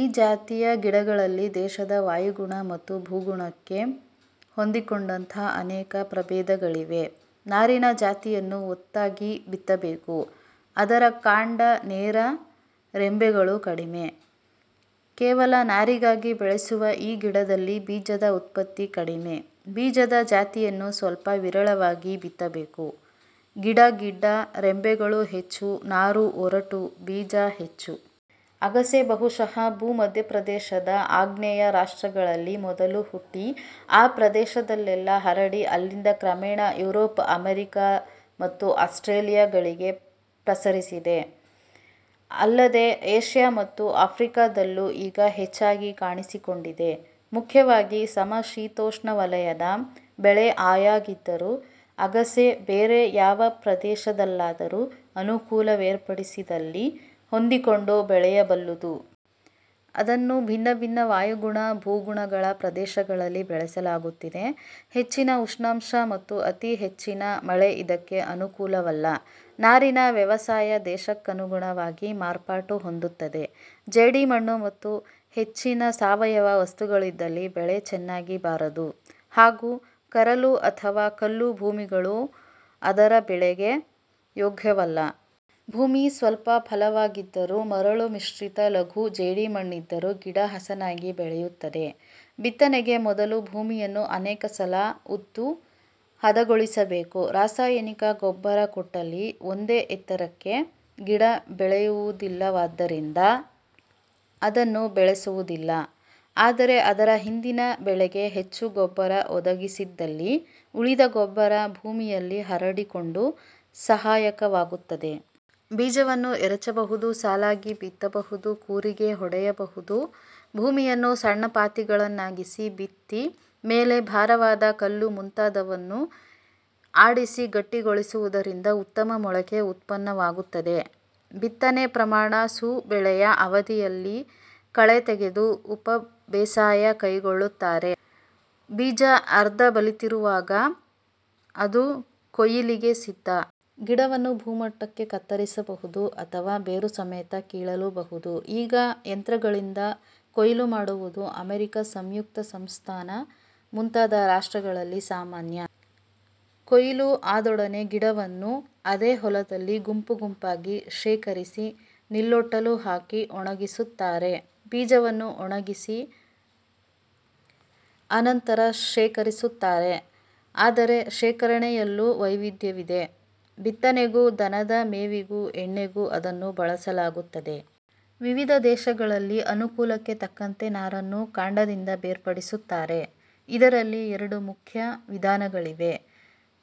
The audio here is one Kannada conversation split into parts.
ಈ ಜಾತಿಯ ಗಿಡಗಳಲ್ಲಿ ದೇಶದ ವಾಯುಗುಣ ಮತ್ತು ಭೂಗುಣಕ್ಕೆ ಹೊಂದಿಕೊಂಡಂಥ ಅನೇಕ ಪ್ರಭೇದಗಳಿವೆ. ನಾರಿನ ಜಾತಿಯನ್ನು ಒತ್ತಾಗಿ ಬಿತ್ತಬೇಕು. ಅದರ ಕಾಂಡ ನೇರ, ರೆಂಬೆಗಳು ಕಡಿಮೆ. ಕೇವಲ ನಾರಿಗಾಗಿ ಬೆಳೆಸುವ ಈ ಗಿಡದಲ್ಲಿ ಬೀಜದ ಉತ್ಪತ್ತಿ ಕಡಿಮೆ. ಬೀಜದ ಜಾತಿಯನ್ನು ಸ್ವಲ್ಪ ವಿರಳವಾಗಿ ಬಿತ್ತಬೇಕು; ಗಿಡ ಗಿಡ್ಡ; ರೆಂಬೆಗಳು ಹೆಚ್ಚು; ನಾರು ಒರಟು; ಬೀಜ ಹೆಚ್ಚು. ಅಗಸೆ ಬಹುಶಃ ಭೂಮಧ್ಯಪ್ರದೇಶದ ಆಗ್ನೇಯ ರಾಷ್ಟ್ರಗಳಲ್ಲಿ ಮೊದಲು ಹುಟ್ಟಿ ಆ ಪ್ರದೇಶದಲ್ಲೆಲ್ಲ ಹರಡಿ ಅಲ್ಲಿಂದ ಕ್ರಮೇಣ ಯುರೋಪ್, ಅಮೆರಿಕ ಮತ್ತು ಆಸ್ಟ್ರೇಲಿಯಗಳಿಗೆ ಪ್ರಸರಿಸಿದೆ. ಅಲ್ಲದೆ ಏಷ್ಯ ಮತ್ತು ಆಫ್ರಿಕದಲ್ಲೂ ಈಗ ಹೆಚ್ಚಾಗಿ ಕಾಣಿಸಿಕೊಂಡಿದೆ. ಮುಖ್ಯವಾಗಿ ಸಮಶೀತೋಷ್ಣವಲಯದ ಬೆಳೆಆಯಾಗಿದ್ದರೂ ಅಗಸೆ ಬೇರೆ ಯಾವ ಪ್ರದೇಶದಲ್ಲಾದರೂ ಅನುಕೂಲವೇರ್ಪಡಿಸಿದಲ್ಲಿ ಹೊಂದಿಕೊಂಡು ಬೆಳೆಯಬಲ್ಲುದು. ಅದನ್ನು ಭಿನ್ನ ಭಿನ್ನ ವಾಯುಗುಣ, ಭೂಗುಣಗಳ ಪ್ರದೇಶಗಳಲ್ಲಿ ಬೆಳೆಸಲಾಗುತ್ತಿದೆ. ಹೆಚ್ಚಿನ ಉಷ್ಣಾಂಶ ಮತ್ತು ಅತಿ ಹೆಚ್ಚಿನ ಮಳೆ ಇದಕ್ಕೆ ಅನುಕೂಲವಲ್ಲ. ನಾರಿನ ವ್ಯವಸಾಯ ದೇಶಕ್ಕನುಗುಣವಾಗಿ ಮಾರ್ಪಾಟು ಹೊಂದುತ್ತದೆ. ಜೇಡಿಮಣ್ಣು ಮತ್ತು ಹೆಚ್ಚಿನ ಸಾವಯವ ವಸ್ತುಗಳಿದ್ದಲ್ಲಿ ಬೆಳೆ ಚೆನ್ನಾಗಿ ಬಾರದು. ಹಾಗೂ ಕರಲು ಅಥವಾ ಕಲ್ಲು ಭೂಮಿಗಳೂ ಅದರ ಬೆಳೆಗೆ ಯೋಗ್ಯವಲ್ಲ. ಭೂಮಿ ಸ್ವಲ್ಪ ಫಲವತ್ತಾಗಿದ್ದರೂ ಮರಳುಮಿಶ್ರಿತ ಲಘು ಜೇಡಿಮಣ್ಣಿದ್ದರೂ ಗಿಡ ಹಸನಾಗಿ ಬೆಳೆಯುತ್ತದೆ. ಬಿತ್ತನೆಗೆ ಮೊದಲು ಭೂಮಿಯನ್ನು ಅನೇಕ ಸಲ ಉತ್ತು ಹದಗೊಳಿಸಬೇಕು. ರಾಸಾಯನಿಕ ಗೊಬ್ಬರ ಕೊಟ್ಟಲ್ಲಿ ಒಂದೇ ಎತ್ತರಕ್ಕೆ ಗಿಡ ಬೆಳೆಯುವುದಿಲ್ಲವಾದ್ದರಿಂದ ಅದನ್ನು ಬಳಸುವುದಿಲ್ಲ. ಆದರೆ ಅದರ ಹಿಂದಿನ ಬೆಳೆಗೆ ಹೆಚ್ಚು ಗೊಬ್ಬರ ಒದಗಿಸಿದ್ದಲ್ಲಿ. ಉಳಿದ ಗೊಬ್ಬರ ಭೂಮಿಯಲ್ಲಿ ಹರಡಿಕೊಂಡು ಸಹಾಯಕವಾಗುತ್ತದೆ. ಬೀಜವನ್ನು ಎರಚಬಹುದು, ಸಾಲಾಗಿ ಬಿತ್ತಬಹುದು, ಕೂರಿಗೆ ಹೊಡೆಯಬಹುದು. ಭೂಮಿಯನ್ನು ಸಣ್ಣ ಪಾತಿಗಳನ್ನಾಗಿಸಿ, ಬಿತ್ತಿ, ಮೇಲೆ ಭಾರವಾದ ಕಲ್ಲು ಮುಂತಾದುವನ್ನು ಆಡಿಸಿ ಗಟ್ಟಿಗೊಳಿಸುವುದರಿಂದ ಉತ್ತಮ ಮೊಳಕೆ ಉತ್ಪನ್ನವಾಗುತ್ತದೆ. ಬಿತ್ತನೆ ಪ್ರಮಾಣ ಸು. ಬೆಳೆಯ ಅವಧಿಯಲ್ಲಿ ಕಳೆತೆಗೆದು ಉಪಬೇಸಾಯ ಕೈಗೊಳ್ಳುತ್ತಾರೆ. ಬೀಜ ಅರ್ಧ ಬಲಿತಿರುವಾಗ ಅದು ಕೊಯಿಲಿಗೆ ಸಿದ್ಧ. ಗಿಡವನ್ನು ಭೂಮಟ್ಟಕ್ಕೆ ಕತ್ತರಿಸಬಹುದು ಅಥವಾ ಬೇರುಸಮೇತ ಕೀಳಲೂಬಹುದು. ಈಗ ಯಂತ್ರಗಳಿಂದ ಕೊಯಿಲುಮಾಡುವುದು ಅಮೆರಿಕ ಸಂಯುಕ್ತಸಂಸ್ಥಾನ ಮುಂತಾದ ರಾಷ್ಟ್ರಗಳಲ್ಲಿ ಸಾಮಾನ್ಯ. ಕೊಯಿಲು ಆದೊಡನೆ ಗಿಡಗಳನ್ನು ಅದೇ ಹೊಲದಲ್ಲಿ ಗುಂಪು ಗುಂಪಾಗಿ ಶೇಖರಿಸಿ ನಿಲ್ಲೊಟ್ಟಲು ಹಾಕಿ ಒಣಗಿಸುತ್ತಾರೆ. ಬೀಜವನ್ನು ಒಣಗಿಸಿ ಅನಂತರ ಶೇಖರಿಸುತ್ತಾರೆ. ಅದರ ಶೇಖರಣೆಯಲ್ಲೂ ವೈವಿಧ್ಯವಿದೆ. ಬಿತ್ತನೆಗೂ ದನದ ಮೇವಿಗೂ ಎಣ್ಣೆಗೂ ಅದನ್ನು ಬಳಸಲಾಗುತ್ತದೆ. ವಿವಿಧ ದೇಶಗಳಲ್ಲಿ ಅಲ್ಲಿನ ಅನುಕೂಲಕ್ಕೆ ತಕ್ಕಂತೆ ನಾರನ್ನು ಕಾಂಡದಿಂದ ಬೇರ್ಪಡಿಸುತ್ತಾರೆ. ಇದರಲ್ಲಿ ಎರಡು ಮುಖ್ಯ ವಿಧಾನಗಳಿವೆ.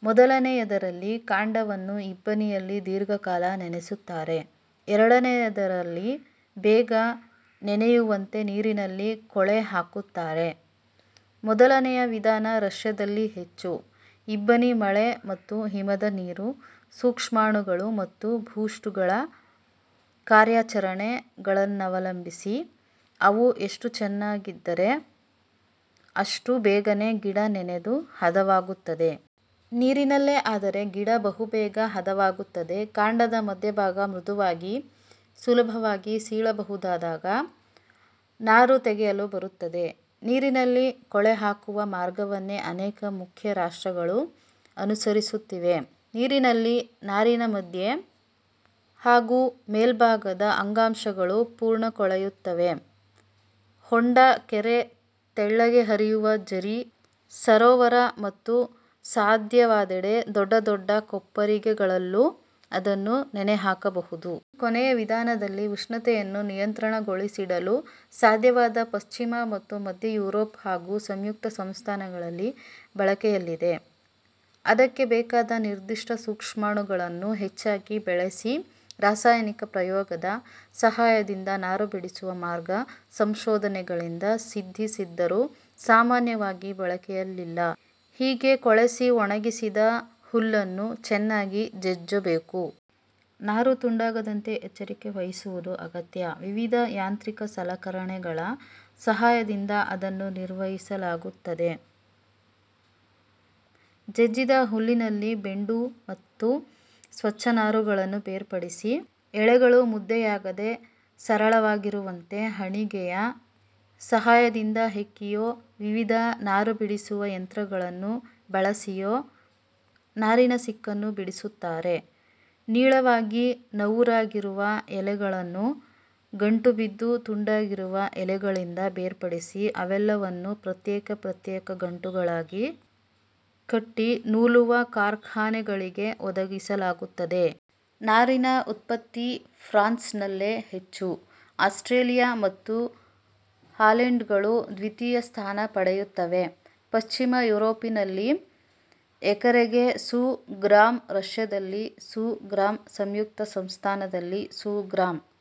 ಮೊದಲನೆಯದರಲ್ಲಿ, ಕಾಂಡವನ್ನು ಇಬ್ಬನಿಯಲ್ಲಿ ದೀರ್ಘಕಾಲ ನೆನೆಸುತ್ತಾರೆ. ಎರಡನೆಯದರಲ್ಲಿ, ಬೇಗ ನೆನೆಯುವಂತೆ ನೀರಿನಲ್ಲಿ ಕೊಳೆಹಾಕುತ್ತಾರೆ. ಮೊದಲನೆಯ ವಿಧಾನ ರಷ್ಯದಲ್ಲಿ ಹೆಚ್ಚು.. ಇಬ್ಬನಿ ಮಳೆ ಮತ್ತು ಹಿಮದ ನೀರು, ಸೂಕ್ಷ್ಮಾಣುಗಳು ಮತ್ತು ಬೂಷ್ಟುಗಳ ಕಾರ್ಯಾಚರಣೆ ಗಳನ್ನವಲಂಬಿಸಿ ಅವು ಎಷ್ಟು ಚೆನ್ನಾಗಿದ್ದರೆ ಅಷ್ಟು ಬೇಗನೆ ಗಿಡ ನೆನೆದು ಹದವಾಗುತ್ತದೆ. ನೀರಿನಲ್ಲೇ ಆದರೆ ಗಿಡ ಬಹು ಬೇಗ ಹದವಾಗುತ್ತದೆ. ಕಾಂಡದ ಮಧ್ಯಭಾಗ ಮೃದುವಾಗಿ, ಸುಲಭವಾಗಿ ಸೀಳಬಹುದಾದಾಗ ನಾರು ತೆಗೆಯಲು ಬರುತ್ತದೆ. ನೀರಿನಲ್ಲಿ ಕೊಳೆಹಾಕುವ ಮಾರ್ಗವನ್ನೇ ಅನೇಕ ಮುಖ್ಯ ರಾಷ್ಟ್ರಗಳು ಅನುಸರಿಸುತ್ತಿವೆ. ನೀರಿನಲ್ಲಿ ನಾರಿನ ಮಧ್ಯೆ ಹಾಗೂ ಮೇಲ್ಭಾಗದ ಅಂಗಾಂಶಗಳು ಪುರ್ಣ ಕೊಳೆಯುತ್ತವೆ. ಹೊಂಡ, ಕೆರೆ, ತೆಳ್ಳಗೆ ಹರಿಯುವ ಝರಿ, ಸರೋವರ ಮತ್ತು ಸಾಧ್ಯವಾದೆಡೆ ದೊಡ್ಡ ದೊಡ್ಡ ಕೊಪ್ಪರಿಗೆಗಳಲ್ಲೂ ಅದನ್ನು ನೆನೆಹಾಕಬಹುದು. ಈ ಕೊನೆಯವಿಧಾನದಲ್ಲಿ ಉಷ್ಣತೆಯನ್ನು ನಿಯಂತ್ರಣಗೊಳಿಸಿಡಲು ಸಾಧ್ಯವಾದ ಪಶ್ಚಿಮ ಮತ್ತು ಮಧ್ಯ ಯುರೋಪ್ ಹಾಗೂ ಸಂಯುಕ್ತಸಂಸ್ಥಾನಗಳಲ್ಲಿ ಬಳಕೆಯಲ್ಲಿದೆ. ಅದಕ್ಕೆ ಬೇಕಾದ ನಿರ್ದಿಷ್ಟ ಸೂಕ್ಷ್ಮಾಣುಗಳನ್ನು ಹೆಚ್ಚಾಗಿ ಬೆಳೆಸಿ ರಾಸಾಯನಿಕ ಪ್ರಯೋಗದ ಸಹಾಯದಿಂದ ನಾರು ಬಿಡಿಸುವ ಮಾರ್ಗ ಸಂಶೋಧನೆಗಳಿಂದ ಸಿದ್ಧಿಸಿದ್ದರೂ ಸಾಮಾನ್ಯವಾಗಿ ಬಳಕೆಯಲ್ಲಿಲ್ಲ. ಹೀಗೆ ಕೊಳೆಸಿ ಒಣಗಿಸಿದ ಹುಲ್ಲನ್ನು ಚೆನ್ನಾಗಿ ಜಜ್ಜಬೇಕು. ನಾರು ತುಂಡಾಗದಂತೆ ಎಚ್ಚರಿಕೆ ವಹಿಸುವುದು ಅಗತ್ಯ. ವಿವಿಧ ಯಾಂತ್ರಿಕ ಸಲಕರಣೆಗಳ ಸಹಾಯದಿಂದ ಅದನ್ನು ನಿರ್ವಹಿಸಲಾಗುತ್ತದೆ. ಜಜ್ಜಿದ ಹುಲ್ಲಿನಲ್ಲಿನ ಬೆಂಡು ಮತ್ತು ಸ್ವಚ್ಛನಾರುಗಳನ್ನು ಬೇರ್ಪಡಿಸಿ ಎಳೆಗಳು ಮುದ್ದೆಯಾಗದೆ ಸರಳವಾಗಿರುವಂತೆ ಹಣಿಗೆಯ ಸಹಾಯದಿಂದ ಹೆಕ್ಕಿಯೋ ವಿವಿಧ ನಾರುಬಿಡಿಸುವ ಯಂತ್ರಗಳನ್ನು ಬಳಸಿಯೋ ನಾರಿನ ಸಿಕ್ಕನ್ನು ಬಿಡಿಸುತ್ತಾರೆ. ನೀಳವಾಗಿ ನವುರಾಗಿರುವ ಎಲೆಗಳನ್ನು ಗಂಟುಬಿದ್ದು ತುಂಡಾಗಿರುವ ಎಲೆಗಳಿಂದ ಬೇರ್ಪಡಿಸಿ ಅವೆಲ್ಲವನ್ನೂ ಪ್ರತ್ಯೇಕ ಪ್ರತ್ಯೇಕ ಗಂಟುಗಳಾಗಿ ಕಟ್ಟಿ ನೂಲುವ ಕಾರ್ಖಾನೆಗಳಿಗೆ ಒದಗಿಸಲಾಗುತ್ತದೆ. ನಾರಿನ ಉತ್ಪತ್ತಿ ಫ್ರಾನ್್ಸನಲ್ಲೇ ಹೆಚ್ಚು. ಆಸ್ಟ್ರೇಲಿಯ ಮತ್ತು ಹಾಲೆಂಡ್ಗಳು ದ್ವಿತೀಯ ಸ್ಥಾನ ಪಡೆಯುತ್ತವೆ. ಪಶ್ಚಿಮ ಯುರೋಪಿನಲ್ಲಿ ಎಕರೆಗೆ ಸು. ಗ್ರಾಂ; ರಷ್ಯದಲ್ಲಿ ಸು. ಗ್ರಾಂ.; ಸಂಯುಕ್ತ ಸಂಸ್ಥಾನದಲ್ಲಿ, ಸು. ಗ್ರಾಂ।